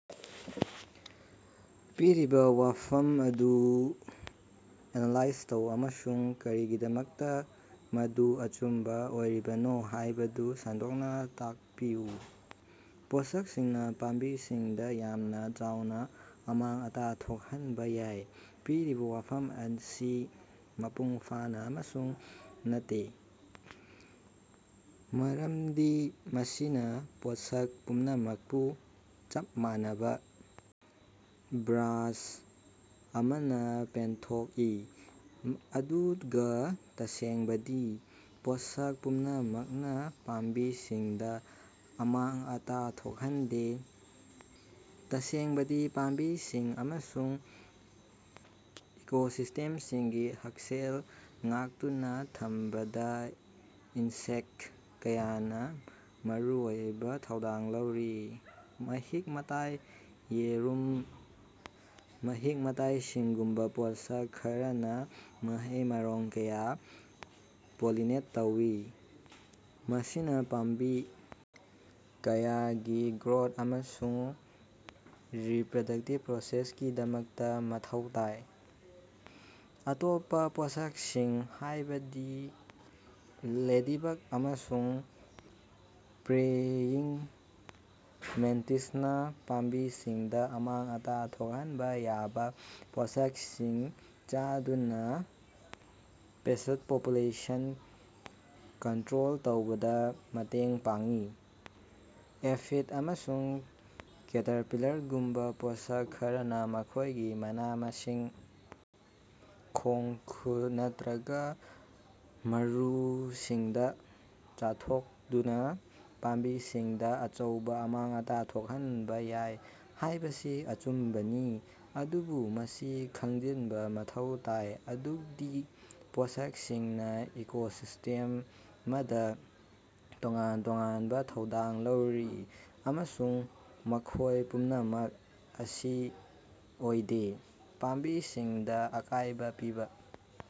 ꯄꯤꯔꯤꯕ ꯋꯥꯐꯝ ꯑꯗꯨ ꯑꯦꯅꯥꯂꯥꯏꯖ ꯇꯧ ꯑꯃꯁꯨꯡ ꯀꯔꯤꯒꯤꯗꯃꯛꯇꯥ ꯃꯗꯨ ꯑꯆꯨꯝꯕ ꯑꯣꯏꯔꯤꯕꯅꯣ ꯍꯥꯏꯕꯗꯨ ꯁꯟꯗꯣꯛꯅꯥ ꯇꯥꯛꯄꯤꯌꯨ꯫ ꯄꯣꯠꯁꯛꯁꯤꯡꯅꯥ ꯄꯥꯝꯕꯤꯁꯤꯡꯗꯥ ꯌꯥꯝꯅ ꯆꯥꯎꯅ ꯑꯃꯥꯡ-ꯑꯇꯥ ꯊꯣꯛꯍꯟꯕ ꯌꯥꯏ꯫ ꯄꯤꯔꯤꯕ ꯋꯥꯐꯝ ꯑꯁꯤ ꯃꯄꯨꯡ ꯐꯥꯅꯥ ꯑꯆꯨꯝꯕ ꯅꯠꯇꯦ, ꯃꯔꯝꯗꯤ ꯃꯁꯤꯅꯥ ꯄꯣꯠꯁꯛ ꯄꯨꯝꯅꯃꯛꯄꯨ ꯆꯞ ꯃꯥꯟꯅꯕ ꯕ꯭ꯔꯥꯁ ꯑꯃꯅꯥ ꯄꯦꯟꯊꯣꯛꯏ ꯑꯗꯨꯒꯥ ꯇꯁꯦꯡꯕꯗꯤ, ꯄꯣꯠꯁꯛ ꯄꯨꯝꯅꯃꯛꯅꯥ ꯄꯥꯝꯕꯤꯁꯤꯡꯗꯥ ꯑꯃꯥꯡ-ꯑꯇꯥ ꯊꯣꯛꯍꯟꯗꯦ꯫ ꯇꯁꯦꯡꯕꯗꯤ, ꯄꯥꯝꯕꯤꯁꯤꯡ ꯑꯃꯁꯨꯡ ꯏꯀꯣꯁꯤꯁ꯭ꯇꯦꯃꯁꯤꯡꯒꯤ ꯍꯛꯁꯦꯜ ꯉꯥꯛꯇꯨꯅꯥ ꯊꯝꯕꯗꯥ ꯏꯟꯁꯦꯛꯇ ꯀꯌꯥꯅꯥ ꯃꯔꯨꯑꯣꯏꯕ ꯊꯧꯗꯥꯡ ꯂꯧꯔꯤ꯫ ꯃꯍꯤꯛ-ꯃꯇꯥꯏ, ꯌꯦꯔꯨꯝ, ꯃꯍꯤꯛ-ꯃꯇꯥꯏꯁꯤꯡꯒꯨꯝꯕ ꯄꯣꯠꯁꯛ ꯈꯔꯅꯥ ꯃꯍꯩ-ꯃꯔꯣꯡ ꯀꯌꯥ ꯄꯣꯂꯤꯅꯦꯠ ꯇꯧꯏ, ꯃꯁꯤꯅꯥ ꯄꯥꯝꯕꯤ ꯀꯌꯥꯒꯤ ꯒ꯭ꯔꯣꯊ ꯑꯃꯁꯨꯡ ꯔꯤꯄꯔꯗꯛꯇꯤꯚ ꯄ꯭ꯔꯣꯁꯦꯁꯀꯤꯗꯃꯛꯇꯥ ꯃꯊꯧ ꯇꯥꯏ꯫ ꯑꯇꯣꯞꯄꯥ ꯄꯣꯠꯁꯛꯁꯤꯡ, ꯍꯥꯏꯕꯗꯤ ꯂꯦꯗꯤꯕꯛ ꯑꯃꯁꯨꯡ ꯄ꯭ꯔꯦꯌꯤꯡ ꯃꯦꯟꯇꯤꯁꯅꯥ ꯄꯥꯝꯕꯤꯁꯤꯡꯗꯥ ꯑꯃꯥꯡ-ꯑꯇꯥ ꯊꯣꯛꯍꯟꯕ ꯌꯥꯕ ꯄꯣꯠꯁꯛꯁꯤꯡ ꯆꯥꯗꯨꯅꯥ ꯄꯦꯁ꯭ꯠ ꯄꯣꯄꯨꯂꯦꯁꯟ ꯀꯟꯠꯔꯣꯜ ꯇꯧꯕꯗꯥ ꯃꯇꯦꯡ ꯄꯥꯡꯏ꯫ ꯑꯦꯐꯤꯗ ꯑꯃꯁꯨꯡ ꯀꯦꯇꯔꯄꯤꯂꯔꯒꯨꯝꯕ ꯄꯣꯠꯁꯛ ꯈꯔꯅꯥ ꯃꯈꯣꯏꯒꯤ ꯃꯅꯥ-ꯃꯁꯤꯡ, ꯈꯣꯡ-ꯈꯨꯠ ꯅꯠꯇ꯭ꯔꯒꯥ ꯃꯔꯨꯝꯁꯤꯡꯗꯥ ꯆꯥꯊꯣꯛꯗꯨꯅꯥ ꯄꯥꯝꯕꯤꯁꯤꯡꯗꯥ ꯑꯆꯧꯕꯥ ꯑꯃꯥꯡ-ꯑꯇꯥ ꯊꯣꯛꯍꯟꯕ ꯌꯥꯏ ꯍꯥꯏꯕꯁꯤ ꯑꯆꯨꯝꯕꯅꯤ, ꯑꯗꯨꯕꯨ ꯃꯁꯤ ꯈꯪꯖꯤꯟꯕꯥ ꯃꯊꯧ ꯇꯥꯏ ꯃꯗꯨꯗꯤ ꯄꯣꯠꯁꯛꯁꯤꯡꯅꯥ ꯏꯀꯣꯁꯤꯁ꯭ꯇꯦꯃꯗꯥ ꯇꯣꯉꯥꯟ ꯇꯣꯉꯥꯟꯕ ꯊꯧꯗꯥꯡ ꯂꯧꯔꯤ ꯑꯃꯁꯨꯡ ꯃꯈꯣꯏ ꯄꯨꯝꯅꯃꯛ ꯑꯁꯤ ꯑꯣꯏꯗꯦ꯫ ꯄꯥꯝꯕꯤꯁꯤꯡꯗꯥ ꯑꯀꯥꯏꯕ ꯄꯤꯕ꯫